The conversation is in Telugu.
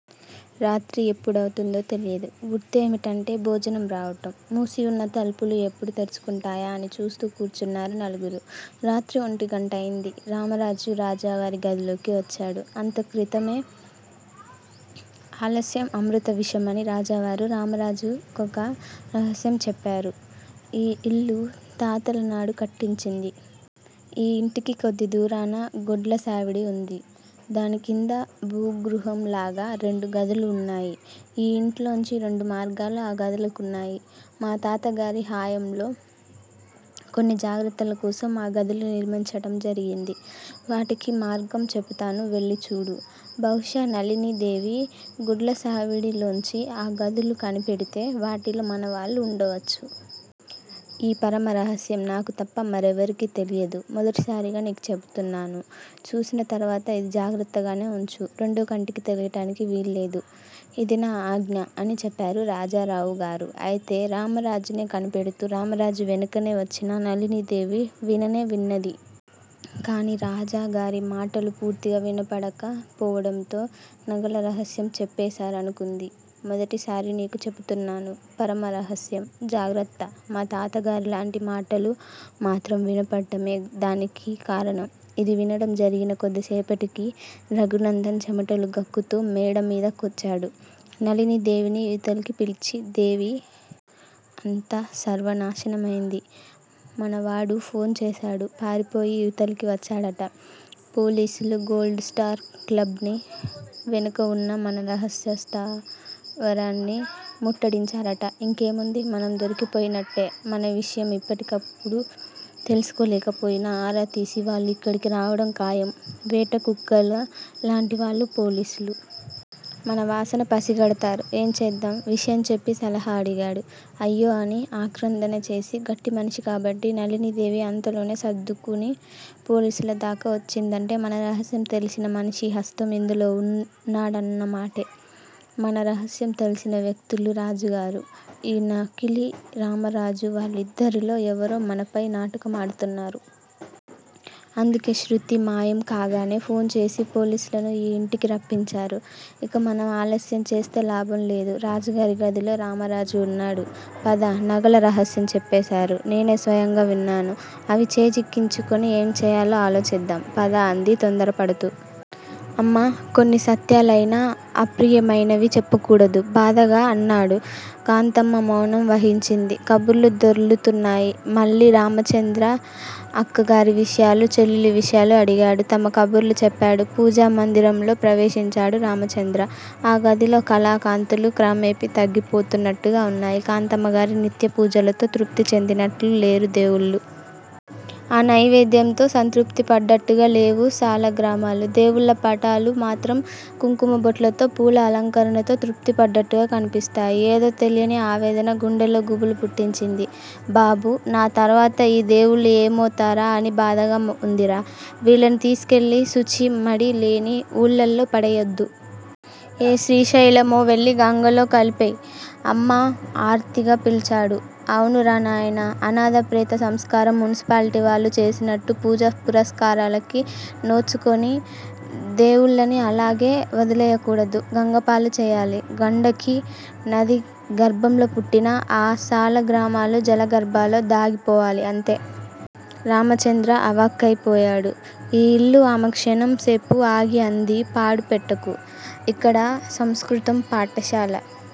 రాత్రి ఎప్పుడవుతుందో తెలియదు. గుర్తేమిటంటే భోజనం రావటం. మూసివున్న తలుపులు ఎప్పుడు తెరుచుకుంటాయా అని చూస్తూ కూర్చున్నారు నలుగురు. రాత్రి ఒంటి గంటయింది. రామరాజు రాజావారి గదిలోకి వచ్చాడు అంతక్రితమే. ఆలస్యం అమృతం విషమని రాజావారు రామరాజు కొక రహస్యం చెప్పారు. ఈ ఇల్లు తాతలనాడు కట్టించింది. ఈ యింటికి కొద్ది దూరాన గొడ్ల సావిడి ఉంది. దానికింద భూగృహంలాగా రెండు గదులు వున్నాయి. ఈ యింట్లోంచి రెండుమార్గాలు ఆ గదులకున్నాయి. మా తాతగారి హయాంలో కొన్ని జాగ్రత్తలకోసం ఆ గదులు నిర్మించటం జరిగింది. వాటికిమార్గం చెపుతాను, వెళ్ళిచూడు. బహుశా నళినీదేవి గొడ్లసావిడి లోంచి ఆ గదులు కనిపెడితే వాటిలో మనవాళ్ళు వుండవచ్చు. ఈ పరమ రహస్యం నాకు తప్ప మరెవరికీ తెలియదు. మొదటిసారిగా నీకు చెపుతున్నాను. చూసిన తరువాత ఇది జాగ్రత్తగానే వుంచు, రెండో కంటికి తెలియటానికి వీలులేదు. ఇది నా ఆజ్ఞ అని చెప్పారు రాజారావు గారు. అయితే రామరాజునే కనిపెడుతూ రామరాజు వెనకనే వచ్చిన నళినీదేవి విననే విన్నది. కాని రాజాగారి మాటలు పూర్తిగా వినపడక పోవడంతో నగల రహస్యం చెప్పేశారనుకుంది. మొదటిసారి నీకు చెపుతున్నాను. పరమ రహస్యం, జాగ్రత్త, మా తాతగారు లాంటి మాటలు మాత్రం వినపడటమే దానికి కారణం. ఇది వినడం జరిగిన కొద్దిసేపటికి రఘునందన్ చెమటలు గక్కుతూ మేడమీద కొచ్చాడు. నళినీదేవిని ఇవతలికి పిలిచి దేవీ! అంతా సర్వనాశనమయింది. మనవాడు ఫోన్ చేశాడు. పారిపోయి ఇవతలికి వచ్చాడట. పోలీసులు గోల్డ్ స్టార్ క్లబ్ ని, వెనకవున్న మన రహస్యస్థావరాన్ని ముట్టడించారట ఇంకే ముంది. మనం దొరికిపోయినట్టే. మన విషయం ఇప్పటికప్పుడు తెలుసుకోలేక పోయినా ఆరా తీసి వాళ్ళు ఇక్కడికి రావడం ఖాయం. వేటకుక్కల లాంటివాళ్ళు పోలీసులు. మనవాసన పసిగడతారు. ఏంచేద్దాం? విషయం చెప్పి సలహా అడిగాడు. అయ్యో అని ఆక్రందన చేసి గట్టి మనిషి కాబట్టి నళినీదేవి అంతలోనే సర్దుకుని పోలీసులదాకా వచ్చిందంటే మన రహస్యం తెలిసిన మనిషి హస్తం ఇందులో వున్నాడన్నమాటే. మన రహస్యం తెలిసిన వ్యక్తులు రాజుగారు, ఈ నకిలీరామరాజు వాళ్ళిద్దరిలో ఎవరో మనపై నాటకం ఆడుతున్నారు. అందుకే శృతి మాయం కాగానే ఫోన్ చేసి పోలీసులను ఈ యింటికి రప్పించారు. ఇక మనం ఆలస్యంచేస్తే లాభంలేదు రాజూగారి గదిలో రామరాజు వున్నాడు పద, నగల రహస్యం చెప్పేశారు. నేనే స్వయంగా విన్నాను. అవి చేజిక్కించుకుని ఏం చేయాలో ఆలోచిద్దాం పద అంది తొందరపడుతూ. అమ్మా కొన్ని సత్యాలయినా అప్రియమైనవి చెప్పకూడదు. బాధగా అన్నాడు. కాంతమ్మ మౌనం వహించింది. కబుర్లు దొర్లుతున్నాయి మళ్ళీ-- రామచంద్ర అక్కగారి విషయాలు, చెల్లెలి విషయాలు అడిగాడు. తమ కబుర్లు చెప్పాడు. పూజామందిరంలో ప్రవేశించాడు రామచంద్ర. ఆ గదిలో కళాకాంతులు క్రమేపి తగ్గి పోతున్నట్టుగా వున్నాయి. కాంతమ్మగారి నిత్య పూజలతో తృప్తి చెందినట్లు లేరు దేవుళ్ళు. ఆ నైవేద్యం తో సంతృప్తి పడ్డట్టుగా లేవు సాలగ్రామాలు. దేవుళ్ళ పటాలు మాత్రం కుంకుమ బొట్లతో పూల అలంకరణతో తృప్తి పడ్డట్టుగా కనిపిస్తాయి. ఏదో తెలియని ఆవేదన గుండెలో గుబులు పుట్టించింది. బాబూ! నా తర్వాత ఈ దేవుళ్ళు ఎమోతారా అని బాధగా వుందిరా! వీళ్ళని తీసుకెళ్ళి సూచీ మడి లేని వూళ్ళలో పడేయోద్దు. ఏ శ్రిశైలమో వెళ్ళి గంగలో కలిపెయ్! అమ్మా ఆర్తిగా పిలిచాడు. అవునురా నాయనా! అనాధ ప్రేత సంస్కారం మున్సిపాలిటి వాళ్ళు చేసినట్టు పూజా పురస్కారాలకి నోచుకోని దేవుళ్ళని అలాగే వదిలెయ్యకూడదు. గంగపాలు చేయాలి. గండకి నది గర్భంలో పుట్టిన ఆ సాలగ్రామాలు జలగార్భంలో దాగిపోవాలి అంతే! రామచంద్ర అవాక్కైపోయాడు. ఈ యిల్లు ఆమె క్షణం సేపు ఆగి అంది పాడు పెట్టకు. ఇక్కడ సంస్కృతం పాఠశాల